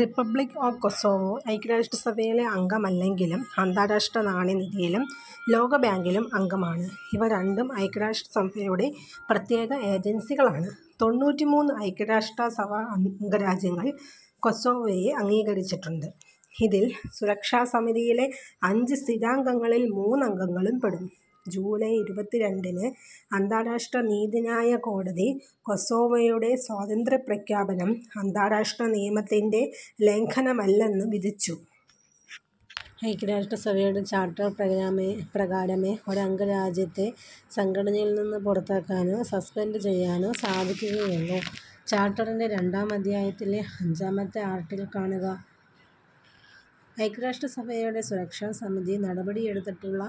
Republic of Kosovo ഐക്യരാഷ്ട്രസഭയിലെ അംഗമല്ലെങ്കിലും അന്താരാഷ്ട്ര നാണ്യനിധിയിലും ലോകബാങ്കിലും അംഗമാണ്. ഇവ രണ്ടും ഐക്യരാഷ്ട്രസഭയുടെ പ്രത്യേക ഏജൻസികളാണ്. തൊണ്ണൂറ്റിമൂന്ന് ഐക്യരാഷ്ട്രസഭാ അംഗരാജ്യങ്ങൾ കൊസോവോയെ അംഗീകരിച്ചിട്ടുണ്ട്. ഇതിൽ സുരക്ഷാസമിതിയിലെ അഞ്ച് സ്ഥിരാംഗങ്ങളിൽ മൂന്ന് അംഗങ്ങളും പെടും. ജൂലൈ ഇരുപത്തിരണ്ടിന് അന്താരാഷ്ട്ര നീതിന്യായകോടതി കൊസോവോയുടെ സ്വാതന്ത്ര്യപ്രഖ്യാപനം അന്താരാഷ്ട്ര നിയമത്തിൻറെ ലംഘനമല്ലെന്ന് വിധിച്ചു. ചാർട്ടർ പ്രകാരമേ ഒരംഗരാജ്യത്തെ സംഘടനയിൽനിന്ന് പുറത്താക്കാനോ സസ്പെൻഡ് ചെയ്യാനോ സാധിക്കുകയുള്ളൂ. ചാർട്ടറിൻറെ രണ്ടാം അധ്യായത്തിലെ അഞ്ചാമത്തെ ആർട്ടിക്കിൾ കാണുക. ഐക്യരാഷ്ട്രസഭയുടെ സുരക്ഷാസമിതി നടപടിയെടുത്തിട്ടുള്ള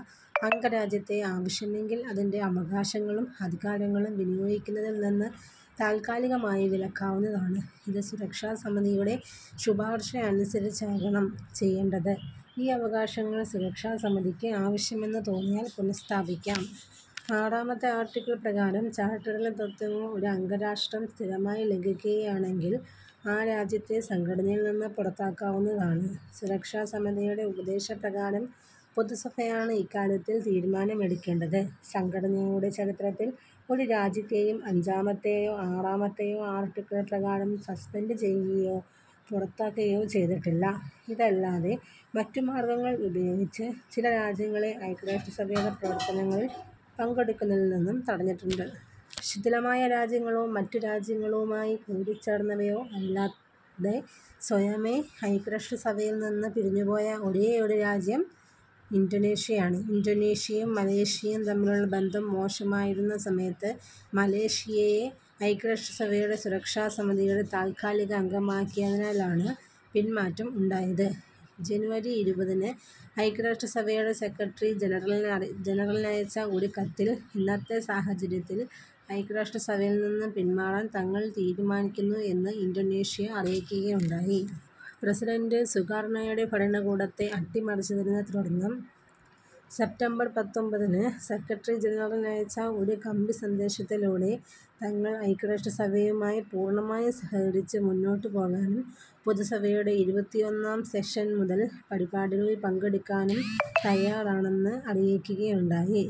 അംഗരാജ്യത്തെ ആവശ്യമെങ്കിൽ അതിൻറെ അവകാശങ്ങളും അധികാരങ്ങളും വിനിയോഗിക്കുന്നതിൽനിന്ന് താൽക്കാലികമായി വിലക്കാവുന്നതാണ്. ഇത് സുരക്ഷാസമിതിയുടെ ശുപാർശയനുസരിച്ചായിരിക്കണം ചെയ്യേണ്ടത്. ഈ അവകാശങ്ങൾ സുരക്ഷാസമിതിക്ക് ആവശ്യമെന്ന് തോന്നിയാൽ പുനഃസ്ഥാപിക്കാം. ആർട്ടിക്കിൾ പ്രകാരം ചാർട്ടറിലെ തത്ത്വങ്ങൾ ഒരു അംഗരാഷ്ട്രം സ്ഥിരമായി ലംഘിക്കുകയാണെങ്കിൽ ആ രാജ്യത്തെ സംഘടനയിൽനിന്ന് പുറത്താക്കാവുന്നതാണ്. സുരക്ഷാസമിതിയുടെ ഉപദേശപ്രകാരം പൊതുസഭയാണ് ഇക്കാര്യത്തിൽ തീരുമാനമെടുക്കേണ്ടത്. സംഘടനയുടെ ചരിത്രത്തിൽ ഒരു രാജ്യത്തെയും അഞ്ചാമത്തെയോ ആറാമത്തെയോ ആർട്ടിക്കിൾ പ്രകാരം സസ്പെൻഡ് ചെയ്യുകയോ പുറത്താക്കുകയോ ചെയ്തിട്ടില്ല. ഇതല്ലാതെ മറ്റു മാർഗങ്ങൾ ഉപയോഗിച്ച് ചില രാജ്യങ്ങളെ ഐക്യരാഷ്ട്രസഭയുടെ പ്രവർത്തനങ്ങളിൽ പങ്കെടുക്കുന്നതിൽനിന്ന് തടഞ്ഞിട്ടുണ്ട്. ശിഥിലമായ രാജ്യങ്ങളോ മറ്റു രാജ്യങ്ങളുമായി കൂടിച്ചേർന്നവയോ അല്ലാതെ സ്വയമേവ ഐക്യരാഷ്ട്രസഭയിൽനിന്ന് പിരിഞ്ഞുപോയ ഒരേയൊരു രാജ്യം ഇന്തോനേഷ്യയാണ്. ഇന്തോനേഷ്യയും മലേഷ്യയും തമ്മിലുള്ള ബന്ധം മോശമായിരുന്ന സമയത്ത് മലേഷ്യയെ ഐക്യരാഷ്ട്രസഭയുടെ സുരക്ഷാസമിതിയുടെ താൽക്കാലികാംഗമാക്കിയതിനാലാണ് പിന്മാറ്റം ഉണ്ടായത്. ജനുവരി ഇരുപതിന് ഐക്യരാഷ്ട്രസഭയുടെ സെക്രട്ടറി ജനറലിനയച്ച ഒരു കത്തിൽ ഇന്നത്തെ സാഹചര്യത്തിൽ ഐക്യരാഷ്ട്രസഭയിൽനിന്ന് പിന്മാറാൻ തങ്ങൾ തീരുമാനിക്കുന്നു എന്ന് ഇന്തോനേഷ്യ അറിയിക്കുകയുണ്ടായി. പ്രസിഡന്റ് സുകാർണോയുടെ ഭരണകൂടത്തെ അട്ടിമറിച്ചതിനെത്തുടർന്ന് സെപ്റ്റംബർ പത്തൊൻപതിന് സെക്രട്ടറി ജനറലിനയച്ച ഒരു കമ്പിസന്ദേശത്തിലൂടെ തങ്ങൾ ഐക്യരാഷ്ട്രസഭയുമായി പൂർണ്ണമായി സഹകരിച്ച് മുന്നോട്ടുപോകാനും പൊതുസഭയുടെ ഇരുപത്തിയൊന്നാം സെഷൻ മുതൽ പരിപാടികളിൽ പങ്കെടുക്കാനും തയ്യാറാണെന്ന് അറിയിക്കുകയുണ്ടായി.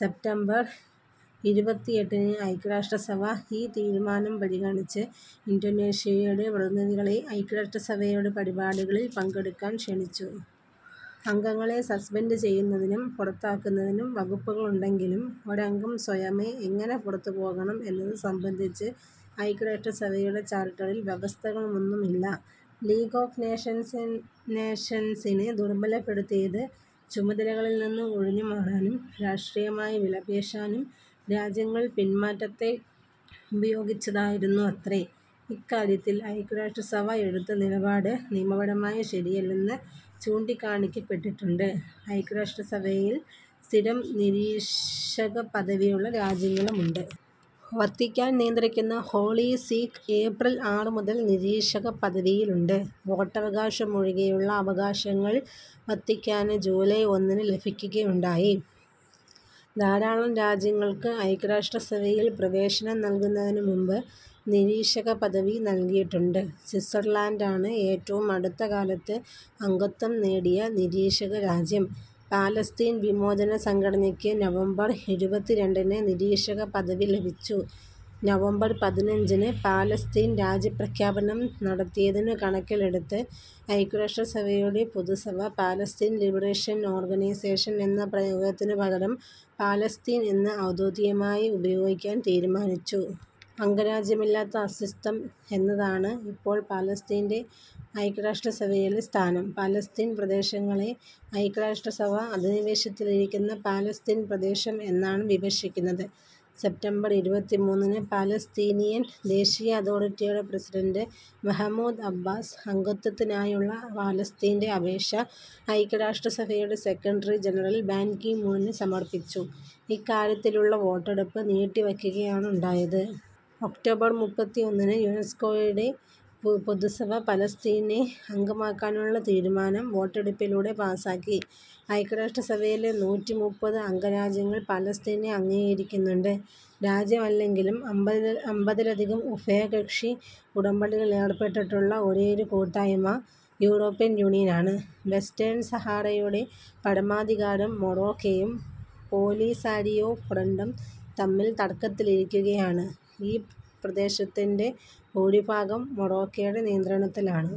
സെപ്റ്റംബർ ഇരുപത്തിയെട്ടിന് ഐക്യരാഷ്ട്രസഭ ഈ തീരുമാനം പരിഗണിച്ച് ഇന്തോനേഷ്യയുടെ പ്രതിനിധികളെ ഐക്യരാഷ്ട്രസഭയുടെ പരിപാടികളിൽ പങ്കെടുക്കാൻ ക്ഷണിച്ചു. അംഗങ്ങളെ സസ്പെൻഡ് ചെയ്യുന്നതിനും പുറത്താക്കുന്നതിനും വകുപ്പുകളുണ്ടെങ്കിലും ഒരംഗം സ്വയമേവ എങ്ങനെ പുറത്തുപോകണം എന്നതുസംബന്ധിച്ച് ഐക്യരാഷ്ട്രസഭയുടെ ചാർട്ടറിൽ വ്യവസ്ഥകളൊന്നുമില്ല. ലീഗ് ഓഫ് നേഷൻസിനെ ദുർബലപ്പെടുത്തിയത് ചുമതലകളിൽനിന്ന് ഒഴിഞ്ഞുമാറാനും രാഷ്ട്രീയമായി വിലപേശാനും രാജ്യങ്ങൾ പിന്മാറ്റത്തെ ഉപയോഗിച്ചതായിരുന്നുവത്രേ. ഇക്കാര്യത്തിൽ ഐക്യരാഷ്ട്രസഭ എടുത്ത നിലപാട് നിയമപരമായി ശരിയല്ലെന്ന് ചൂണ്ടിക്കാണിക്കപ്പെട്ടിട്ടുണ്ട്. ഐക്യരാഷ്ട്രസഭയിൽ സ്ഥിരം നിരീക്ഷകപദവിയുള്ള രാജ്യങ്ങളുമുണ്ട്. വത്തിക്കാൻ നിയന്ത്രിക്കുന്ന ഹോളി സീക്ക് ഏപ്രിൽ ആറുമുതൽ നിരീക്ഷകപദവിയുണ്ട്. വോട്ടവകാശമൊഴികെയുള്ള അവകാശങ്ങൾ വത്തിക്കാന് ജൂലൈ ഒന്നിന് ലഭിക്കുകയുണ്ടായി. ധാരാളം രാജ്യങ്ങൾക്ക് ഐക്യരാഷ്ട്രസഭയിൽ പ്രവേശനം നൽകുന്നതിനുമുൻപ് നിരീക്ഷകപദവി നൽകിയിട്ടുണ്ട്. സ്വിറ്റ്സർലാൻഡാണ് ഏറ്റവും അടുത്തകാലത്ത് അംഗത്വം നേടിയ നിരീക്ഷകരാജ്യം. പാലസ്തീൻ വിമോചനസംഘടനയ്ക്ക് നവംബർ ഇരുപത്തിരണ്ടിന് നിരീക്ഷകപദവി ലഭിച്ചു. നവംബർ പതിനഞ്ചിന് പാലസ്തീൻ രാജ്യപ്രഖ്യാപനം നടത്തിയതു കണക്കിലെടുത്ത് ഐക്യരാഷ്ട്രസഭയുടെ പൊതുസഭ പാലസ്തീൻ ലിബറേഷൻ ഓർഗനൈസേഷൻ എന്ന പ്രയോഗത്തിനു പകരം പാലസ്തീൻ എന്ന് ഔദ്യോഗികമായി ഉപയോഗിക്കാൻ തീരുമാനിച്ചു. അംഗ രാജ്യമില്ലാത്ത അസ്തിത്വം എന്നതാണ് ഇപ്പോൾ പാലസ്തീൻറെ ഐക്യരാഷ്ട്രസഭയിലെ സ്ഥാനം. പാലസ്തീൻ പ്രദേശങ്ങളെ ഐക്യരാഷ്ട്രസഭ അധിനിവേശത്തിലിരിക്കുന്ന പാലസ്തീൻ പ്രദേശം എന്നാണ് വിവക്ഷിക്കുന്നത്. സെപ്റ്റംബർ ഇരുപത്തിമൂന്നിന് പാലസ്തീനിയൻ ദേശീയ അതോറിറ്റിയുടെ പ്രസിഡന്റ് മെഹമൂദ് അബ്ബാസ് അംഗത്വത്തിനായുള്ള പാലസ്തീൻറെ അപേക്ഷ ഐക്യരാഷ്ട്രസഭയുടെ സെക്രട്ടറി ജനറൽ ബാൻ കി മൂണിന് സമർപ്പിച്ചു. ഇക്കാര്യത്തിലുള്ള വോട്ടെടുപ്പ് നീട്ടിവയ്ക്കുകയാണുണ്ടായത്. ഒക്ടോബർ മുപ്പത്തൊന്നിന് യുനെസ്കോയുടെ പൊതുസഭ പാലസ്തീനെ അംഗമാക്കാനുള്ള തീരുമാനം വോട്ടെടുപ്പിലൂടെ പാസാക്കി. ഐക്യരാഷ്ട്രസഭയിലെ നൂറ്റിമുപ്പത് അംഗരാജ്യങ്ങൾ പാലസ്തീനെ അംഗീകരിക്കുന്നുണ്ട്. രാജ്യമല്ലെങ്കിലും അമ്പതിലധികം ഉഭയകക്ഷി ഉടമ്പടികളിലേർപ്പെട്ടിട്ടുള്ള ഒരേയൊരു കൂട്ടായ്മ യൂറോപ്യൻ യൂണിയനാണ്. വെസ്റ്റേൺ സഹാറയുടെ പരമാധികാരം മൊറോക്കോയും പോലിസാരിയോ ഫ്രണ്ടും തമ്മിൽ തർക്കത്തിലിരിക്കുകയാണ്. ഈ പ്രദേശത്തിൻറെ ഭൂരിഭാഗം മൊറോക്കോയുടെ നിയന്ത്രണത്തിലാണ്.